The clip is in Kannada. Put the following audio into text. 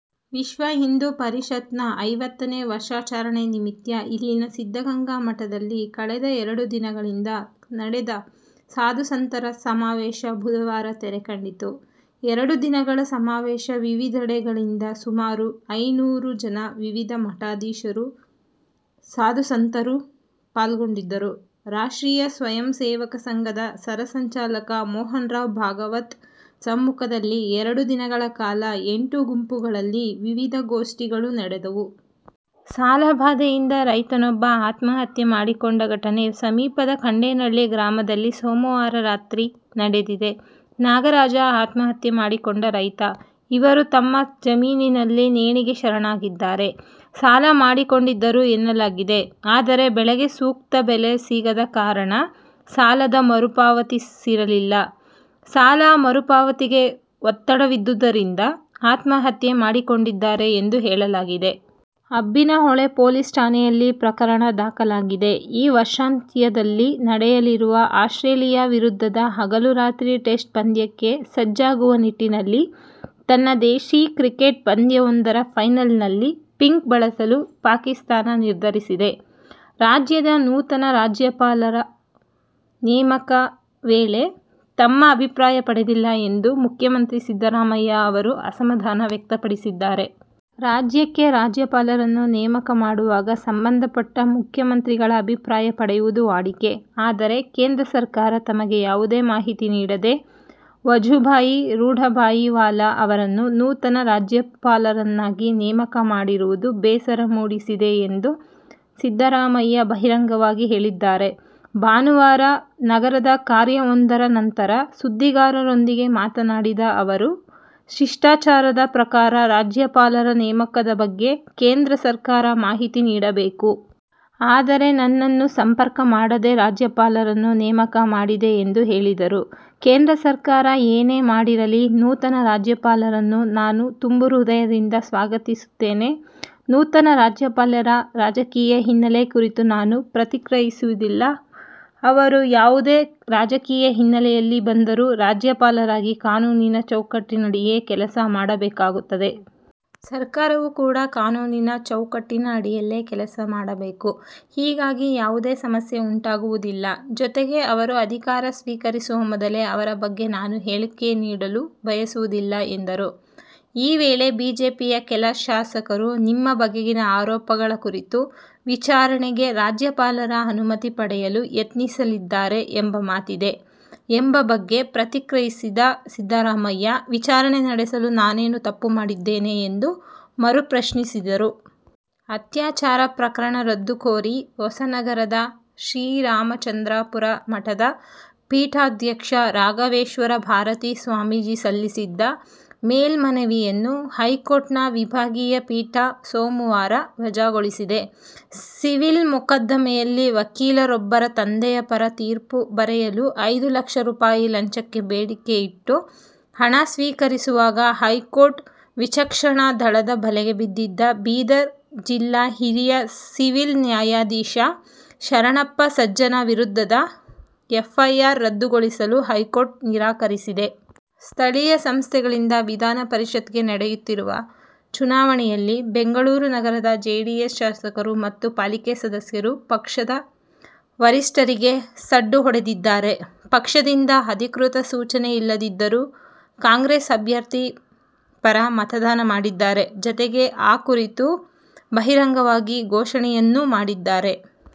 ವಿಶ್ವ ಹಿಂದೂ ಪರಿಷತ್ನ ಐವತ್ತನೇ ವರ್ಷಾಚರಣೆ ನಿಮಿತ್ಯ ಇಲ್ಲಿನ ಸಿದ್ಧಗಂಗಾ ಮಠದಲ್ಲಿ ಕಳೆದ ಎರಡು ದಿನಗಳಿಂದ ನಡೆದ ಸಾಧು ಸಂತರ ಸಮಾವೇಶ ಬುಧವಾರ ತೆರೆ ಕಂಡಿತು. ಎರಡು ದಿನಗಳ ಸಮಾವೇಶ ವಿವಿಧೆಡೆಗಳಿಂದ ಸುಮಾರು ಐನ್ನೂರು ಜನ ವಿವಿಧ ಮಠಾಧೀಶರು, ಸಾಧು ಸಂತರು ಪಾಲ್ಗೊಂಡಿದ್ದರು. ರಾಷ್ಟ್ರೀಯ ಸ್ವಯಂ ಸೇವಕ ಸಂಘದ ಸರ ಸಂಚಾಲಕ ಮೋಹನ್ರಾವ್ ಭಾಗವತ್ ಸಮ್ಮುಖದಲ್ಲಿ ಎರಡು ದಿನಗಳ ಕಾಲ ಎಂಟು ಗುಂಪುಗಳಲ್ಲಿ ವಿವಿಧ ಗೋಷ್ಠಿಗಳು ನಡೆದವು. ಸಾಲ ಬಾಧೆಯಿಂದ ರೈತನೊಬ್ಬ ಆತ್ಮಹತ್ಯೆ ಮಾಡಿಕೊಂಡ ಘಟನೆ ಸಮೀಪದ ಖಂಡೇನಹಳ್ಳಿ ಗ್ರಾಮದಲ್ಲಿ ಸೋಮವಾರ ರಾತ್ರಿ ನಡೆದಿದೆ. ನಾಗರಾಜಆತ್ಮಹತ್ಯೆ ಮಾಡಿಕೊಂಡ ರೈತ. ಇವರು ತಮ್ಮ ಜಮೀನಿನಲ್ಲಿ ನೇಣಿಗೆ ಶರಣಾಗಿದ್ದಾರೆ. ಸಾಲ ಮಾಡಿಕೊಂಡಿದ್ದರು ಎನ್ನಲಾಗಿದೆ. ಆದರೆ ಬೆಳೆಗೆ ಸೂಕ್ತ ಬೆಲೆ ಸಿಗದ ಕಾರಣ ಸಾಲದ ಮರುಪಾವತಿಸಿರಲಿಲ್ಲ. ಸಾಲ ಮರುಪಾವತಿಗೆ ಒತ್ತಡವಿದ್ದುದರಿಂದ ಆತ್ಮಹತ್ಯೆ ಮಾಡಿಕೊಂಡಿದ್ದಾರೆ ಎಂದು ಹೇಳಲಾಗಿದೆ. ಅಬ್ಬಿನಹೊಳೆ ಪೊಲೀಸ್ ಠಾಣೆಯಲ್ಲಿ ಪ್ರಕರಣ ದಾಖಲಾಗಿದೆ. ಈ ವರ್ಷಾಂತ್ಯದಲ್ಲಿ ನಡೆಯಲಿರುವ ಆಸ್ಟ್ರೇಲಿಯ ವಿರುದ್ಧದ ಹಗಲು-ರಾತ್ರಿ ಟೆಸ್ಟ್ ಪಂದ್ಯಕ್ಕೆ ಸಜ್ಜಾಗುವ ನಿಟ್ಟಿನಲ್ಲಿ, ತನ್ನ ದೇಶಿ ಕ್ರಿಕೆಟ್ ಪಂದ್ಯವೊಂದರ ಫೈನಲ್ನಲ್ಲಿ ಪಿಂಕ್ ಬಳಸಲು ಪಾಕಿಸ್ಥಾನ ನಿರ್ಧರಿಸಿದೆ. ರಾಜ್ಯದ ನೂತನ ರಾಜ್ಯಪಾಲರ ನೇಮಕ ವೇಳೆ ತಮ್ಮ ಅಭಿಪ್ರಾಯ ಪಡೆದಿಲ್ಲ ಎಂದು ಮುಖ್ಯಮಂತ್ರಿ ಸಿದ್ದರಾಮಯ್ಯ ಅವರು ಅಸಮಾಧಾನ ವ್ಯಕ್ತಪಡಿಸಿದ್ದಾರೆ. ರಾಜ್ಯಕ್ಕೆ ರಾಜ್ಯಪಾಲರನ್ನು ನೇಮಕ ಮಾಡುವಾಗ ಸಂಬಂಧಪಟ್ಟ ಮುಖ್ಯಮಂತ್ರಿಗಳ ಅಭಿಪ್ರಾಯ ಪಡೆಯುವುದು ವಾಡಿಕೆ. ಆದರೆ ಕೇಂದ್ರ ಸರ್ಕಾರ ತಮಗೆ ಯಾವುದೇ ಮಾಹಿತಿ ನೀಡದೆ ವಜುಭಾಯಿ ರುಡಭಾಯಿ ವಾಲಾ ಅವರನ್ನು ನೂತನ ರಾಜ್ಯಪಾಲರನ್ನಾಗಿ ನೇಮಕ ಮಾಡಿರುವುದು ಬೇಸರ ಮೂಡಿಸಿದೆ ಎಂದು ಸಿದ್ದರಾಮಯ್ಯ ಬಹಿರಂಗವಾಗಿ ಹೇಳಿದ್ದಾರೆ. ಭಾನುವಾರ ನಗರದ ಕಾರ್ಯಕ್ರಮವೊಂದರ ನಂತರ ಸುದ್ದಿಗಾರರೊಂದಿಗೆ ಮಾತನಾಡಿದ ಅವರು, ಶಿಷ್ಟಾಚಾರದ ಪ್ರಕಾರ ರಾಜ್ಯಪಾಲರ ನೇಮಕದ ಬಗ್ಗೆ ಕೇಂದ್ರ ಸರ್ಕಾರ ಮಾಹಿತಿ ನೀಡಬೇಕು. ಆದರೆ, ನನ್ನನ್ನು ಸಂಪರ್ಕ ಮಾಡದೆ ರಾಜ್ಯಪಾಲರನ್ನು ನೇಮಕ ಮಾಡಿದೆ ಎಂದು ಹೇಳಿದರು. ಕೇಂದ್ರ ಸರ್ಕಾರ ಏನೇ ಮಾಡಿರಲಿ, ನೂತನ ರಾಜ್ಯಪಾಲರನ್ನು ನಾನು ತುಂಬು ಹೃದಯದಿಂದ ಸ್ವಾಗತಿಸುತ್ತೇನೆ. ನೂತನ ರಾಜ್ಯಪಾಲರ ರಾಜಕೀಯ ಹಿನ್ನೆಲೆ ಕುರಿತು ನಾನು ಪ್ರತಿಕ್ರಿಯಿಸುವುದಿಲ್ಲ. ಅವರು ಯಾವುದೇ ರಾಜಕೀಯ ಹಿನ್ನೆಲೆಯಲ್ಲಿ ಬಂದರೂ ರಾಜ್ಯಪಾಲರಾಗಿ ಕಾನೂನಿನ ಚೌಕಟ್ಟಿನಡಿಯೇ ಕೆಲಸ ಮಾಡಬೇಕಾಗುತ್ತದೆ. ಸರ್ಕಾರವೂ ಕೂಡ ಕಾನೂನಿನ ಚೌಕಟ್ಟಿನ ಅಡಿಯಲ್ಲೇ ಕೆಲಸ ಮಾಡಬೇಕು. ಹೀಗಾಗಿ ಯಾವುದೇ ಸಮಸ್ಯೆ ಉಂಟಾಗುವುದಿಲ್ಲ. ಜೊತೆಗೆ ಅವರು ಅಧಿಕಾರ ಸ್ವೀಕರಿಸುವ ಮೊದಲೇ ಅವರ ಬಗ್ಗೆ ನಾನು ಹೇಳಿಕೆ ನೀಡಲು ಬಯಸುವುದಿಲ್ಲ ಎಂದರು. ಈ ವೇಳೆ ಬಿಜೆಪಿಯ ಕೆಲ ಶಾಸಕರು ನಿಮ್ಮ ಬಗೆಗಿನ ಆರೋಪಗಳ ಕುರಿತು ವಿಚಾರಣೆಗೆ ರಾಜ್ಯಪಾಲರ ಅನುಮತಿ ಪಡೆಯಲು ಯತ್ನಿಸಲಿದ್ದಾರೆ ಎಂಬ ಮಾತಿದೆ ಎಂಬ ಬಗ್ಗೆ ಪ್ರತಿಕ್ರಿಯಿಸಿದ ಸಿದ್ದರಾಮಯ್ಯ, ವಿಚಾರಣೆ ನಡೆಸಲು ನಾನೇನು ತಪ್ಪು ಮಾಡಿದ್ದೇನೆ ಎಂದು ಮರು ಪ್ರಶ್ನಿಸಿದರು. ಅತ್ಯಾಚಾರ ಪ್ರಕರಣ ರದ್ದು ಕೋರಿ ಹೊಸನಗರದ ಶ್ರೀರಾಮಚಂದ್ರಾಪುರ ಮಠದ ಪೀಠಾಧ್ಯಕ್ಷ ರಾಘವೇಶ್ವರ ಭಾರತಿ ಸ್ವಾಮೀಜಿ ಸಲ್ಲಿಸಿದ್ದ ಮೇಲ್ಮನವಿಯನ್ನು ಹೈಕೋರ್ಟ್ನ ವಿಭಾಗೀಯ ಪೀಠ ಸೋಮವಾರ ವಜಾಗೊಳಿಸಿದೆ. ಸಿವಿಲ್ ಮೊಕದ್ದಮೆಯಲ್ಲಿ ವಕೀಲರೊಬ್ಬರ ತಂದೆಯ ಪರ ತೀರ್ಪು ಬರೆಯಲು ಐದು ಲಕ್ಷ ರೂಪಾಯಿ ಲಂಚಕ್ಕೆ ಬೇಡಿಕೆಯಿಟ್ಟು ಹಣ ಸ್ವೀಕರಿಸುವಾಗ ಹೈಕೋರ್ಟ್ ವಿಚಕ್ಷಣಾ ದಳದ ಬಲೆಗೆ ಬಿದ್ದಿದ್ದ ಬೀದರ್ ಜಿಲ್ಲಾ ಹಿರಿಯ ಸಿವಿಲ್ ನ್ಯಾಯಾಧೀಶ ಶರಣ್ಣಪ್ಪ ಸಜ್ಜನ ವಿರುದ್ಧದ ಎಫ್ಐಆರ್ ರದ್ದುಗೊಳಿಸಲು ಹೈಕೋರ್ಟ್ ನಿರಾಕರಿಸಿದೆ. ಸ್ಥಳೀಯ ಸಂಸ್ಥೆಗಳಿಂದ ವಿಧಾನಪರಿಷತ್ಗೆ ನಡೆಯುತ್ತಿರುವ ಚುನಾವಣೆಯಲ್ಲಿ ಬೆಂಗಳೂರು ನಗರದ ಜೆಡಿಎಸ್ ಶಾಸಕರು ಮತ್ತು ಪಾಲಿಕೆ ಸದಸ್ಯರು ಪಕ್ಷದ ವರಿಷ್ಠರಿಗೆ ಸಡ್ಡು ಹೊಡೆದಿದ್ದಾರೆ. ಪಕ್ಷದಿಂದ ಅಧಿಕೃತ ಸೂಚನೆ ಇಲ್ಲದಿದ್ದರೂ ಕಾಂಗ್ರೆಸ್ ಅಭ್ಯರ್ಥಿ ಪರ ಮತದಾನ ಮಾಡಿದ್ದಾರೆ. ಜತೆಗೆ, ಆ ಕುರಿತು ಬಹಿರಂಗವಾಗಿ ಘೋಷಣೆಯನ್ನೂ ಮಾಡಿದ್ದಾರೆ.